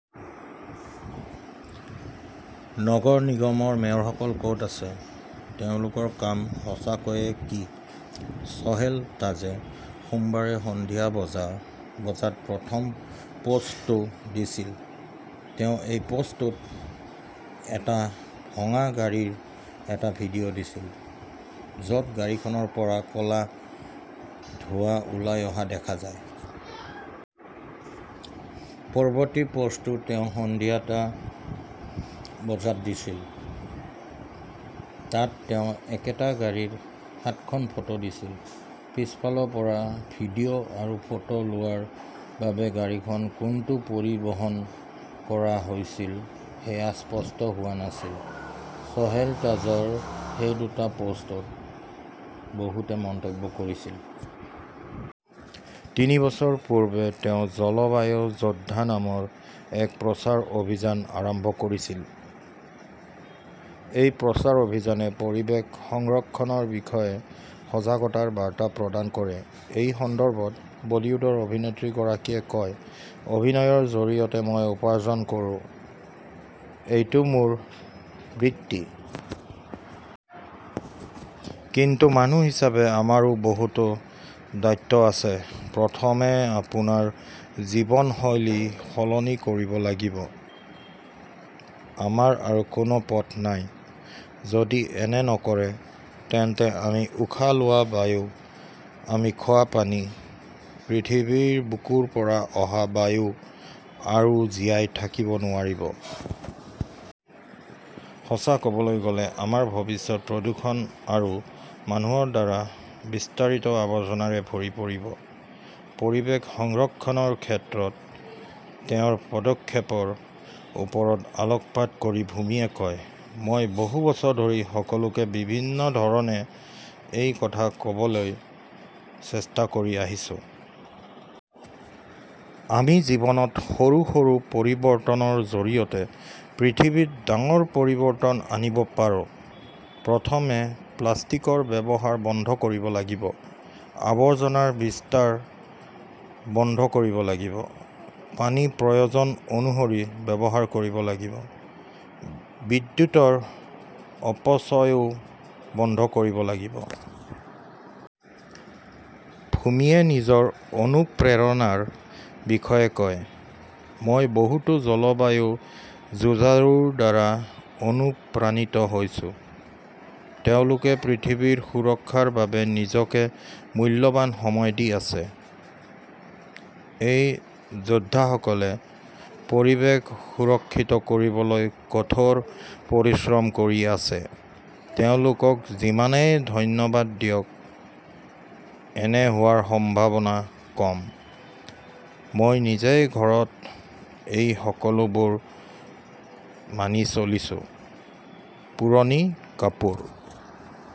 নগৰ নিগমৰ মেয়ৰসকল ক "ত আছে? তেওঁলোকৰ কাম সঁচাকৈয়ে কি? 'চোহেল তাজে সোমবাৰে সন্ধিয়া বজা বজাত প্ৰথম পোষ্টটো দিছিল। তেওঁ এই পোষ্টটোত এটা ভঙা গাড়ীৰ এটা ভিডিঅ "দিছিল। য 'ত গাড়ীখনৰ পৰা ক' লা ধোঁৱা ওলাই অহা দেখা যায়। পৰৱৰ্তী পোষ্টটো তেওঁ সন্ধিয়া টা বজাত দিছিল। তাত তেওঁ একেটা গাড়ীৰ সাতখন ফটো দিছিল। পিছফালৰ পৰা ভিডিঅ 'আৰু ফটো লোৱাৰ বাবে গাড়ীখন কোনটো পৰিবহণ কৰা হৈছিল সেয়া স্পষ্ট হোৱা নাছিল। চোহেল তাজৰ সেই দুটা পোষ্টত বহুতে মন্তব্য কৰিছিল। তিনি বছৰ পূৰ্বে তেওঁ জলবায়ু যোদ্ধা নামৰ এক প্ৰচাৰ অভিযান আৰম্ভ কৰিছিল। এই প্ৰচাৰ অভিযানে পৰিৱেশ সংৰক্ষণৰ বিষয়ে সজাগতাৰ বাৰ্তা প্ৰদান কৰে। এই সন্দৰ্ভত বলীউডৰ অভিনেত্ৰীগৰাকীয়ে কয়, "অভিনয়ৰ জৰিয়তে মই উপাৰ্জন কৰোঁ। এইটো মোৰ বৃত্তি। কিন্তু মানুহ হিচাপে আমাৰো বহুতো দায়িত্ব আছে। প্ৰথমে আপোনাৰ জীৱনশৈলী সলনি কৰিব লাগিব। আমাৰ আৰু কোনো পথ নাই। যদি এনে নকৰে, তেন্তে আমি উশাহ লোৱা বায়ু, আমি খোৱা পানী, পৃথিৱীৰ বুকুৰ পৰা অহা বায়ু আৰু জীয়াই থাকিব নোৱাৰিব। সঁচা ক "বলৈ গ" লে, আমাৰ ভৱিষ্যত প্ৰদূষণ আৰু মানুহৰ দ্বাৰা বিস্তাৰিত আৱৰ্জনাৰে ভৰি পৰিব। 'পৰিৱেশ সংৰক্ষণৰ ক্ষেত্ৰত তেওঁৰ পদক্ষেপৰ ওপৰত আলোকপাত কৰি ভূমিয়ে কয়,' মই বহু বছৰ ধৰি সকলোকে বিভিন্ন ধৰণে এই কথা ক 'বলৈ চেষ্টা কৰি আহিছো। আমি জীৱনত সৰু সৰু পৰিৱৰ্তনৰ জৰিয়তে পৃথিৱীত ডাঙৰ পৰিৱৰ্তন আনিব পাৰোঁ। প্ৰথমে প্লাষ্টিকৰ ব্যৱহাৰ বন্ধ কৰিব লাগিব। আৱৰ্জনাৰ বিস্তাৰ বন্ধ কৰিব লাগিব। পানী প্ৰয়োজন অনুসৰি ব্যৱহাৰ কৰিব লাগিব। বিদ্যুৎৰ অপচয়ও বন্ধ কৰিব লাগিব। 'ভূমিৱে নিজৰ অনুপ্ৰেৰণাৰ বিষয়ে কয়,' মই বহুতো জলবায়ু যুঁজাৰুৰ দ্বাৰা অনুপ্ৰাণিত হৈছো। তেওঁলোকে পৃথিৱীৰ সুৰক্ষাৰ বাবে নিজকে মূল্যৱান সময় দি আছে। এই যোদ্ধাসকলে পৰিৱেশ সুৰক্ষিত কৰিবলৈ কঠোৰ পৰিশ্ৰম কৰি আছে। তেওঁলোকক যিমানেই ধন্যবাদ দিয়ক, এনে হোৱাৰ সম্ভাৱনা কম। মই নিজেই ঘৰত এই সকলোবোৰ মানি চলিছোঁ। পুৰণি কাপোৰ